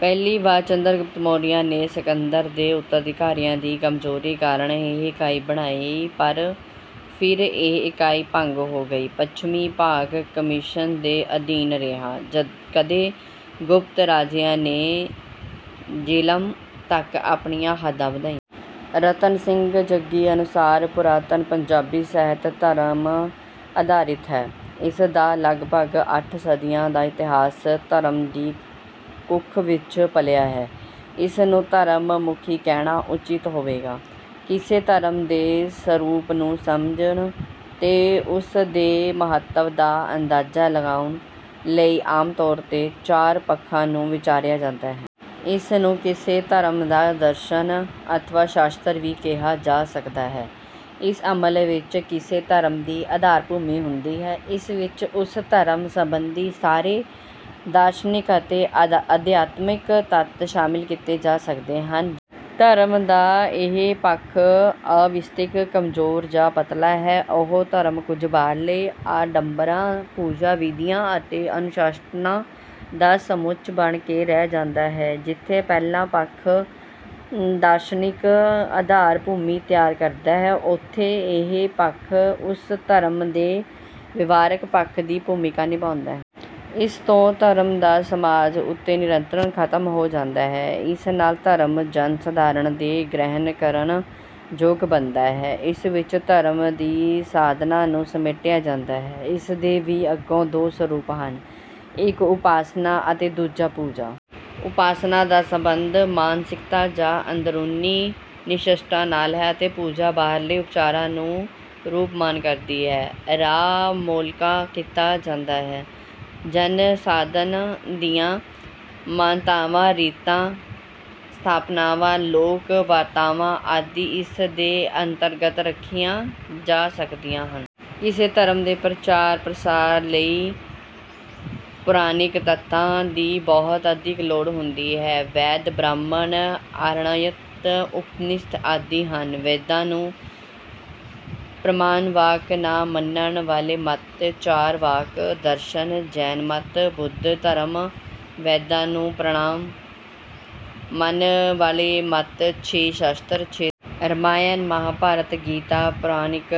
ਪਹਿਲੀ ਵਾਰ ਚੰਦਰਗੁਪਤ ਮੌਰਿਆ ਨੇ ਸਿਕੰਦਰ ਦੇ ਉੱਤਰਾਧਿਕਾਰੀਆਂ ਦੀ ਕਮਜ਼ੋਰੀ ਕਾਰਨ ਇਹ ਇਕਾਈ ਬਣਾਈ, ਪਰ ਫਿਰ ਇਹ ਇਕਾਈ ਭੰਗ ਹੋ ਗਈ। ਪੱਛਮੀ ਭਾਗ ਕਨਿਸ਼ਕ ਦੇ ਅਧੀਨ ਰਿਹਾ। ਕਦੇ ਗੁਪਤ ਰਾਜਿਆਂ ਨੇ ਜਿਹਲਮ ਤੱਕ ਆਪਣੀਆਂ ਹੱਦਾਂ ਵਧਾਈਆਂ। ਰਤਨ ਸਿੰਘ ਜੱਗੀ ਅਨੁਸਾਰ, ਪੁਰਾਤਨ ਪੰਜਾਬੀ ਸਾਹਿਤ ਧਰਮ-ਆਧਾਰਿਤ ਹੈ। ਇਸ ਦਾ ਲਗਭਗ ਅੱਠ ਸਦੀਆਂ ਦਾ ਇਤਿਹਾਸ ਧਰਮ ਦੀ ਕੁੱਖ ਵਿੱਚ ਪਲਿਆ ਹੈ। ਇਸ ਨੂੰ ਧਰਮ-ਮੁਖੀ ਕਹਿਣਾ ਉਚਿਤ ਹੋਵੇਗਾ। ਕਿਸੇ ਧਰਮ ਦੇ ਸਰੂਪ ਨੂੰ ਸਮਝਣ ਤੇ ਉਸ ਦੇ ਮਹੱਤਵ ਦਾ ਅੰਦਾਜ਼ਾ ਲਗਾਉਣ ਲਈ ਆਮ ਤੌਰ ’ਤੇ ਚਾਰ ਪੱਖਾਂ ਨੂੰ ਵਿਚਾਰਿਆ ਜਾਂਦਾ ਹੈ। ਇਸ ਨੂੰ ਕਿਸੇ ਧਰਮ ਦਾ ਦਰਸ਼ਨ ਅਥਵਾ ਸ਼ਾਸਤਰ ਵੀ ਕਿਹਾ ਜਾ ਸਕਦਾ ਹੈ। ਇਸ ਅਮਲ ਵਿੱਚ ਕਿਸੇ ਧਰਮ ਦੀ ਆਧਾਰ-ਭੂਮੀ ਹੁੰਦੀ ਹੈ। ਇਸ ਵਿੱਚ ਉਸ ਧਰਮ ਸੰਬੰਧੀ ਸਾਰੇ ਦਾਰਸ਼ਨਿਕ ਅਤੇ ਅਧਿਆਤਮਕ ਤੱਤ ਸ਼ਾਮਲ ਕੀਤੇ ਜਾ ਸਕਦੇ ਹਨ। ਧਰਮ ਦਾ ਇਹ ਪੱਖ ਅਵਿਵਸਥਿਤ, ਕਮਜ਼ੋਰ ਜਾਂ ਪਤਲਾ ਹੈ, ਉਹ ਧਰਮ ਕੁਝ ਬਾਹਰਲੇ ਆਡੰਬਰਾਂ, ਪੂਜਾ-ਵਿਧੀਆਂ ਅਤੇ ਅਨੁਸ਼ਠਾਨਾਂ ਦਾ ਸਮੁੱਚ ਬਣ ਕੇ ਰਹਿ ਜਾਂਦਾ ਹੈ। ਜਿੱਥੇ ਪਹਿਲਾ ਪੱਖ ਦਾਰਸ਼ਨਿਕ ਆਧਾਰ-ਭੂਮੀ ਤਿਆਰ ਕਰਦਾ ਹੈ, ਉੱਥੇ ਇਹ ਪੱਖ ਉਸ ਧਰਮ ਦੇ ਵਿਹਾਰਕ ਪੱਖ ਦੀ ਭੂਮਿਕਾ ਨਿਭਾਉਂਦਾ ਹੈ। ਇਸ ਤੋਂ ਧਰਮ ਦਾ ਸਮਾਜ ਉੱਤੇ ਨਿਯੰਤਰਨ ਖ਼ਤਮ ਹੋ ਜਾਂਦਾ ਹੈ। ਇਸ ਨਾਲ ਧਰਮ ਜਨ-ਸਾਧਾਰਨ ਦੇ ਗ੍ਰਹਿਣ ਕਰਨ ਯੋਗ ਬਣਦਾ ਹੈ। ਇਸ ਵਿੱਚ ਧਰਮ ਦੀ ਸਾਧਨਾ ਨੂੰ ਸਮੇਟਿਆ ਜਾਂਦਾ ਹੈ। ਇਸ ਦੇ ਵੀ ਅੱਗੋਂ ਦੋ ਸਰੂਪ ਹਨ—ਇੱਕ ਉਪਾਸਨਾ ਅਤੇ ਦੂਜਾ ਪੂਜਾ। ਉਪਾਸਨਾ ਦਾ ਸੰਬੰਧ ਮਾਨਸਿਕਤਾ ਜਾਂ ਅੰਦਰੂਨੀ ਨਿਸ਼ਠਾ ਨਾਲ ਹੈ ਅਤੇ ਪੂਜਾ ਬਾਹਰਲੇ ਉਪਚਾਰਾਂ ਨੂੰ ਰੂਪਮਾਨ ਕਰਦੀ ਹੈ। ਰਾਹ ਮੋਕਲਾ ਕੀਤਾ ਜਾਂਦਾ ਹੈ। ਜਨ-ਸਾਧਾਰਨ ਦੀਆਂ ਮਾਨਤਾਵਾਂ, ਰੀਤਾਂ, ਸਥਾਪਨਾਵਾਂ, ਲੋਕ-ਵਾਰਤਾਵਾਂ ਆਦਿ ਇਸ ਦੇ ਅੰਤਰਗਤ ਰੱਖੀਆਂ ਜਾ ਸਕਦੀਆਂ ਹਨ। ਕਿਸੇ ਧਰਮ ਦੇ ਪ੍ਰਚਾਰ-ਪ੍ਰਸਾਰ ਲਈ ਪੌਰਾਣਿਕ ਤੱਤਾਂ ਦੀ ਬਹੁਤ ਅਧਿਕ ਲੋੜ ਹੁੰਦੀ ਹੈ। ਵੇਦ, ਬ੍ਰਾਹਮਣ, ਆਰਣਯਕ, ਉਪਨਿਸ਼ਦ ਆਦਿ ਹਨ। ਵੇਦਾਂ ਨੂੰ ਪ੍ਰਮਾਣ-ਵਾਕ ਨਾ ਮੰਨਣ ਵਾਲੇ ਮੱਤ—ਚਾਰਵਾਕ ਦਰਸ਼ਨ, ਜੈਨ ਮੱਤ, ਬੁੱਧ ਧਰਮ। ਵੇਦਾਂ ਨੂੰ ਪ੍ਰਮਾਣ ਮੰਨਣ ਵਾਲੇ ਮੱਤ—ਛੇ ਸ਼ਾਸਤਰ, ਛੇ ਦਰਸ਼ਨ। ਰਾਮਾਇਣ, ਮਹਾਂਭਾਰਤ, ਗੀਤਾ, ਪੌਰਾਣਿਕ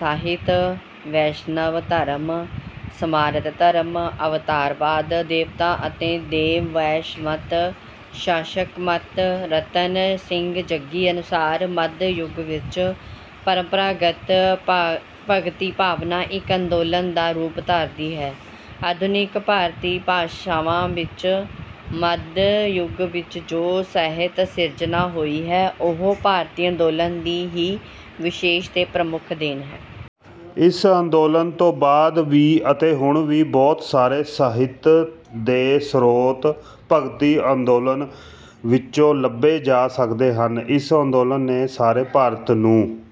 ਸਾਹਿਤ, ਵੈਸ਼ਣਵ ਧਰਮ, ਸਮਾਰਤ ਧਰਮ, ਅਵਤਾਰਵਾਦ, ਦੇਵਤਾ ਅਤੇ ਦੈਂਤ, ਸ਼ੈਵ ਮੱਤ, ਸ਼ਾਕਤ ਮੱਤ। ਰਤਨ ਸਿੰਘ ਜੱਗੀ ਅਨੁਸਾਰ, ਮੱਧ ਯੁੱਗ ਵਿੱਚ ਪਰੰਪਰਾਗਤ ਭਗਤੀ-ਭਾਵਨਾ ਇੱਕ ਅੰਦੋਲਨ ਦਾ ਰੂਪ ਧਾਰਦੀ ਹੈ। ਆਧੁਨਿਕ ਭਾਰਤੀ ਭਾਸ਼ਾਵਾਂ ਵਿੱਚ ਮੱਧ ਯੁੱਗ ਵਿੱਚ ਜੋ ਸਾਹਿਤ-ਸਿਰਜਣਾ ਹੋਈ ਹੈ, ਉਹ ਭਗਤੀ ਅੰਦੋਲਨ ਦੀ ਹੀ ਵਿਸ਼ੇਸ਼ ਤੇ ਪ੍ਰਮੁੱਖ ਦੇਣ ਹੈ। ਇਸ ਅੰਦੋਲਨ ਤੋਂ ਬਾਅਦ ਵੀ ਅਤੇ ਹੁਣ ਵੀ ਬਹੁਤ ਸਾਰੇ ਸਾਹਿਤ ਦੇ ਸਰੋਤ ਭਗਤੀ ਅੰਦੋਲਨ ਵਿੱਚੋਂ ਲੱਭੇ ਜਾ ਸਕਦੇ ਹਨ। ਇਸ ਅੰਦੋਲਨ ਨੇ ਸਾਰੇ ਭਾਰਤ ਨੂੰ...